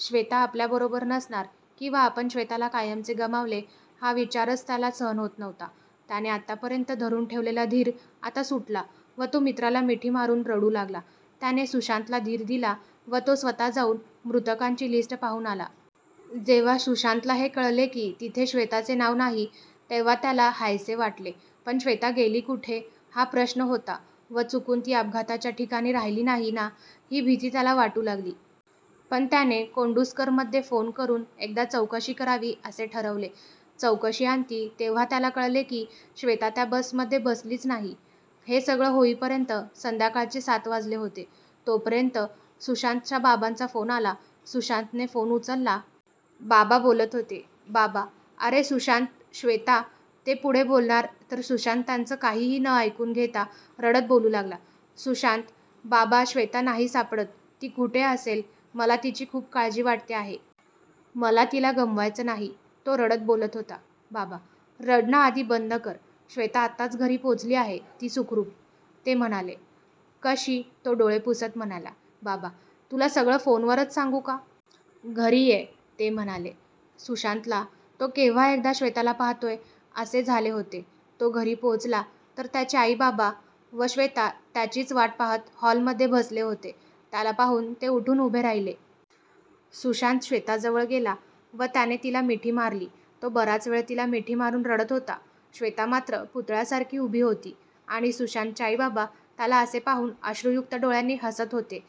श्वेता आपल्याबरोबर नसणार किंवा आपण श्वेताला कायमचे गमावले हा विचारच त्याला सहन होत नव्हता. त्याने आतापर्यंत धरून ठेवलेला धीर आता सुटला व तो मित्राला मिठी मारून रडू लागला. त्याने सुशांतला धीर दिला व तो स्वतः जाऊन मृतकांची लिस्ट पाहून आला. जेव्हा सुशांतला हे कळले की तिथे श्वेताचे नाव नाही तेव्हा त्याला हायसे वाटले, पण श्वेता गेली कुठे हा प्रश्न होता व चुकून ती अपघाताच्या ठिकाणी राहिली नाही ना ही भीती त्याला वाटू लागली. पण त्याने कोंडूस्करमध्ये फोन करून एकदा चौकशी करावी असे ठरवले. चौकशीअंती तेव्हा त्याला कळले की श्वेता त्या बसमध्ये बसलीच नाही. हे सगळं होईपर्यंत संध्याकाळचे सात वाजले होते. तोपर्यंत सुशांतच्या बाबांचा फोन आला, सुशांतने फोन उचलला. बाबा बोलत होते. बाबा, अरे सुशांत श्वेता, ते पुढे बोलणार तर सुशांत त्यांचं काहीही न ऐकून घेता रडत बोलू लागला. सुशांत, बाबा श्वेता नाही सापडत. ती कुठे असेल, मला तिची खूप काळजी वाटते आहे. मला तिला नाही गमवायचं! तो रडत बोलत होता. बाबा, रडणं आधी बंद कर! श्वेता आत्ताच घरी पोहोचली आहे. ती सुखरूप! ते म्हणाले. कशी, तो डोळे पुसत म्हणाला. बाबा, तुला सगळं फोनवरच सांगू का? घरी ये! ते म्हणाले. सुशांतला तो केव्हा एकदा श्वेताला पाहतोय असे झाले होते. तो घरी पोहोचला. तर त्याचे आई-बाबा व श्वेता त्याचीच वाट पाहत हॉलमध्ये बसले होते. त्याला पाहून ते उठून उभे राहिले. सुशांत श्वेताजवळ गेला व त्याने तिला मिठी मारली. तो बराच वेळ तिला मिठी मारून रडत होता. श्वेता मात्र पुतळ्यासारखी उभी होती आणि सुशांतचे आई-बाबा त्याला असे पाहून अश्रूयुक्त डोळ्यांनी हसत होते.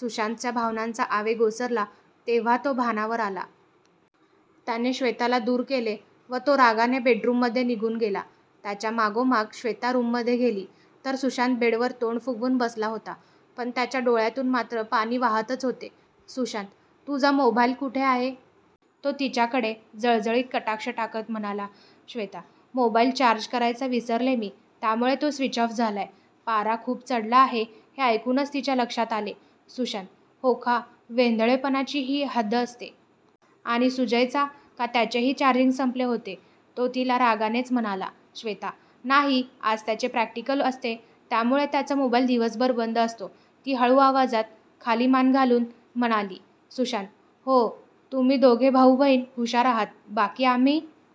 सुशांतच्या भावनांचा आवेग ओसरला तेव्हा तो भानावर आला. त्याने श्वेताला दूर केले व तो रागाने बेडरूममध्ये निघून गेला. त्याच्या मागोमाग श्वेता रूममध्ये गेली. तर सुशांत बेडवर तोंड फुगवून बसला होता. पण त्याच्या डोळ्यांतून मात्र पाणी वाहतच होते. सुशांत, तुझा मोबाईल कुठे आहे? तो तिच्याकडे जळजळीत कटाक्ष टाकत म्हणाला. श्वेता, मोबाईल चार्ज करायचा विसरले मी, त्यामुळे तो स्विच ऑफ झालाय, पारा खूप चढला आहे हे ऐकूनच तिच्या लक्षात आले. सुशांत, हो का? वेंधळेपणाची ही हद्द असते. आणि सुजयचा, का त्याचेही चार्जिंग संपले होते? तो तिला रागानेच म्हणाला. श्वेता, नाही, आज त्याचे प्रॅक्टिकल असते त्यामुळे त्याचा मोबाईल दिवसभर बंद असतो. ती हळू आवाजात खाली मान घालून म्हणाली. सुशांत, हो, तुम्ही दोघे भाऊ-बहीण हुशार आहात, बाकी आम्ही